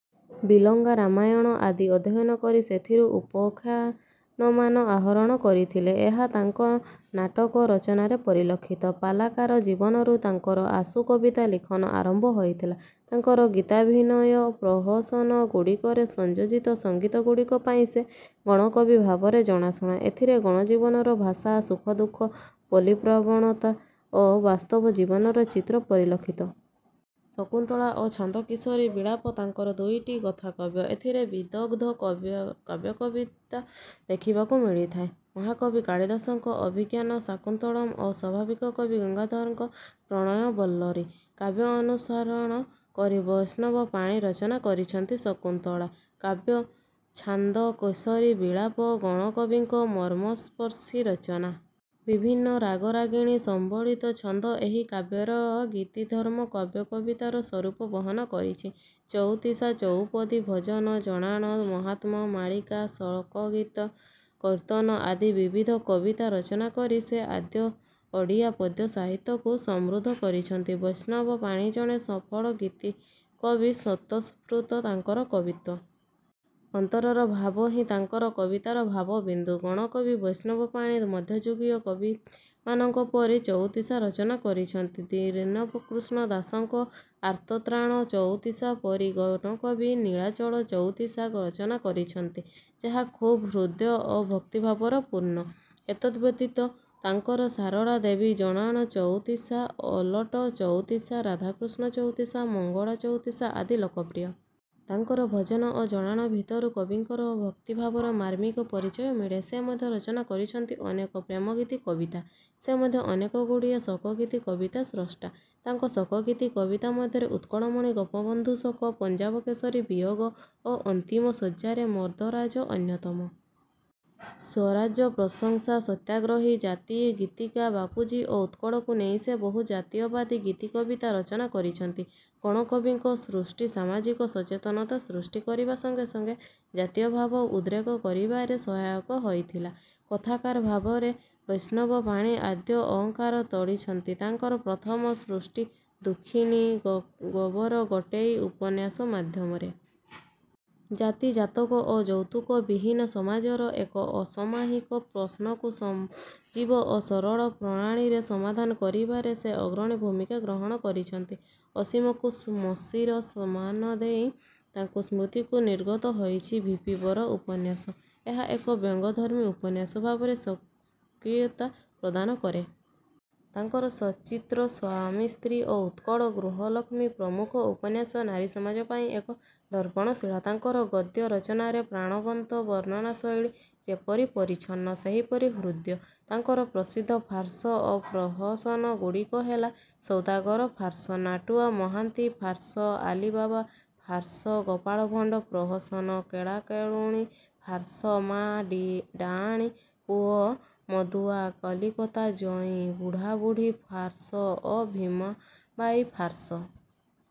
ବିଲଙ୍କା ରାମାୟଣ ଆଦି ଅଧ୍ୟୟନ କରି ସେଥିରୁ ଉପାଖ୍ୟାନମାନ ଆହରଣ କରିଥିଲେ। ଏହା ତାଙ୍କ ନାଟକ ରଚନାରେ ପରିଲକ୍ଷିତ। ପାଲାକାର ଜୀବନରୁ ତାଙ୍କର ଆଶୁ କବିତା ଲିଖନ ଆରମ୍ଭ ହୋଇଥିଲା। ତାଙ୍କର ଗୀତାଭିନୟ ପ୍ରହସନଗୁଡ଼ିକରେ ସଂଯୋଜିତ ସଙ୍ଗୀତଗୁଡ଼ିକ ପାଇଁ ସେ ଗଣକବି ଭାବରେ ଜଣାଶୁଣା। ଏଥିରେ ଗଣଜୀବନର ଭାଷା, ସୁଖଦୁଃଖ, ପଲ୍ଲୀପ୍ରାଣତା ଓ ବାସ୍ତବ ଜୀବନର ଚିତ୍ର ପରିଲକ୍ଷିତ। ଶକୁନ୍ତଳା ଓ ଛାନ୍ଦ କିଶୋରୀ ବିଳାପ ତାଙ୍କର ଦୁଇଟି ଗାଥାକାବ୍ୟ। ଏଥିରେ ବିଦଗ୍ଧ କାବ୍ୟିକତା ଦେଖିବାକୁ ମିଳିଥାଏ। ମହାକବି କାଳିଦାସଙ୍କ 'ଅଭିଜ୍ଞାନ ଶାକୁନ୍ତଳମ୍' ଓ ସ୍ୱଭାବକବି ଗଙ୍ଗାଧରଙ୍କ 'ପ୍ରଣୟ ବଲ୍ଲରୀ' କାବ୍ୟ ଅନୁସରଣ କରି ବୈଷ୍ଣବ ପାଣି ରଚନା କରିଛନ୍ତି 'ଶକୁନ୍ତଳା' କାବ୍ୟ। 'ଛାନ୍ଦ କିଶୋରୀ ବିଳାପ' ଗଣକବିଙ୍କ ମର୍ମସ୍ପର୍ଶୀ ରଚନା। ବିଭିନ୍ନ ରାଗରାଗିଣୀ ସମ୍ବଳିତ ଛନ୍ଦ ଏହି କାବ୍ୟର ଗୀତିଧର୍ମୀ କାବ୍ୟିକତାର ସ୍ୱରୂପ ବହନ କରିଛି। ଚଉତିଶା, ଚଉପଦୀ, ଭଜନ, ଜଣାଣ, ମାହାତ୍ମ୍ୟ, ମାଳିକା, ଶୋକଗୀତି, କୀର୍ତ୍ତନ ଆଦି ବିବିଧ କବିତା ରଚନା କରି ସେ ଓଡ଼ିଆ ପଦ୍ୟ ସାହିତ୍ୟକୁ ସମୃଦ୍ଧ କରିଛନ୍ତି। ବୈଷ୍ଣବ ପାଣି ଜଣେ ସଫଳ ଗୀତିକବି, ସ୍ୱତଃସ୍ଫୂର୍ତ୍ତ ତାଙ୍କର କବିତ୍ୱ। ଅନ୍ତରର ଭାବ ହିଁ ତାଙ୍କ କବିତାର ଭାବବିନ୍ଦୁ। ଗଣକବି ବୈଷ୍ଣବ ପାଣି ମଧ୍ୟଯୁଗୀୟ କବିମାନଙ୍କ ପରି ଚଉତିଶା ରଚନା କରିଛନ୍ତି। ଦୀନକୃଷ୍ଣ ଦାସଙ୍କ 'ଆର୍ତ୍ତତ୍ରାଣ ଚଉତିଶା' ପରି ଗଣକବି 'ନୀଳାଚଳ ଚଉତିଶା' ରଚନା କରିଛନ୍ତି, ଯାହା ଖୁବ୍ ହୃଦ୍ୟ ଓ ଭକ୍ତିଭାବପୂର୍ଣ୍ଣ। ଏତଦ୍ ବ୍ୟତୀତ ତାଙ୍କର ସାରଳା ଦେବୀ ଜଣାଣ ଚଉତିଶା, ଓଲଟ ଚଉତିଶା, ରାଧାକୃଷ୍ଣ ଚଉତିଶା, ମଙ୍ଗଳା ଚଉତିଶା ଆଦି ଲୋକପ୍ରିୟ। ତାଙ୍କର ଭଜନ ଓ ଜଣାଣ ଭିତରୁ କବିଙ୍କର ଭକ୍ତିଭାବର ମାର୍ମିକ ପରିଚୟ ମିଳେ। ସେ ମଧ୍ୟ ରଚନା କରିଛନ୍ତି ଅନେକ ପ୍ରେମଗୀତି କବିତା। ସେ ମଧ୍ୟ ଅନେକ ଗୁଡ଼ିଏ ଶୋକଗୀତି କବିତାର ସ୍ରଷ୍ଟା। ତାଙ୍କ ଶୋକଗୀତି କବିତା ମଧ୍ୟରେ 'ଉତ୍କଳମଣି ଗୋପବନ୍ଧୁ ଶୋକ', 'ପଞ୍ଜାବ କେଶରୀ ବିୟୋଗ' ଓ 'ଅନ୍ତିମ ଶଯ୍ୟାରେ ମର୍ଦ୍ଦରାଜ' ଅନ୍ୟତମ। ସ୍ୱରାଜ୍ୟ ପ୍ରଶଂସା, ସତ୍ୟାଗ୍ରହୀ, ଜାତୀୟ ଗୀତିକା, ବାପୁଜୀ ଓ ଉତ୍କଳକୁ ନେଇ ସେ ବହୁ ଜାତୀୟବାଦୀ ଗୀତିକବିତା ରଚନା କରିଛନ୍ତି। ଗଣକବିଙ୍କ ସୃଷ୍ଟି ସାମାଜିକ ସଚେତନତା ସୃଷ୍ଟି କରିବା ସଙ୍ଗେ ସଙ୍ଗେ ଜାତୀୟଭାବ ଉଦ୍ରେକ କରିବାରେ ସହାୟକ ହୋଇଥିଲା। କଥାକାର ଭାବରେ ବୈଷ୍ଣବ ପାଣି ଆଦ୍ୟ ଓଁକାର ତୋଳିଛନ୍ତି ତାଙ୍କର ପ୍ରଥମ ସୃଷ୍ଟି 'ଦୁଃଖିନୀ ଗୋବର ଗୋଟେଇ' ଉପନ୍ୟାସ ମାଧ୍ୟମରେ। ଜାତି, ଜାତକ ଓ ଯୌତୁକ ବିହୀନ ସମାଜର ଏକ ଅସମାହିତ ପ୍ରଶ୍ନକୁ ସଜୀବ ଓ ସରଳ ପ୍ରଣାଳୀରେ ସମାଧାନ କରିବାରେ ସେ ଅଗ୍ରଣୀ ଭୂମିକା ଗ୍ରହଣ କରିଛନ୍ତି। ଅସୀକୁ ମସୀର ସମ୍ମାନ ଦେଇ ତାଙ୍କ ସୃଷ୍ଟିରୁ ନିର୍ଗତ ହୋଇଛି 'ଭି. ପି. ବର' ଉପନ୍ୟାସ। ଏହା ଏକ ବ୍ୟଙ୍ଗଧର୍ମୀ ଉପନ୍ୟାସ ଭାବରେ ସ୍ୱକୀୟତା ପ୍ରତିପାଦନ କରେ। ତାଙ୍କର 'ସଚିତ୍ର ସ୍ୱାମୀ ସ୍ତ୍ରୀ' ଓ 'ଉତ୍କଳ ଗୃହଲକ୍ଷ୍ମୀ' ପ୍ରମୁଖ ଉପନ୍ୟାସ ନାରୀସମାଜ ପାଇଁ ଏକ ଦର୍ପଣ ଶିଳା। ତାଙ୍କର ଗଦ୍ୟ ରଚନାରେ ପ୍ରାଣବନ୍ତ ବର୍ଣ୍ଣନାଶୈଳୀ ଯେପରି ପରିଚ୍ଛନ୍ନ, ସେପରି ହୃଦ୍ୟ। ତାଙ୍କର ପ୍ରସିଦ୍ଧ ଫାର୍ସ ଓ ପ୍ରହସନଗୁଡ଼ିକ ହେଲା Saudagar farce, Natua Mohanty farce, Ali Baba farce, Gopalbhanda ପ୍ରହସନ, କେଳାକେଳୁଣୀ ଫାର୍ସ, ମା' ଡାଆଣୀ ପୁଅ ମଦୁଆ, କଲିକତିଆ ଜୋଇଁ, ବୁଢ଼ାବୁଢ଼ୀ ଫାର୍ସ ଓ ଭୀମାବାଇ ଫାର୍ସ।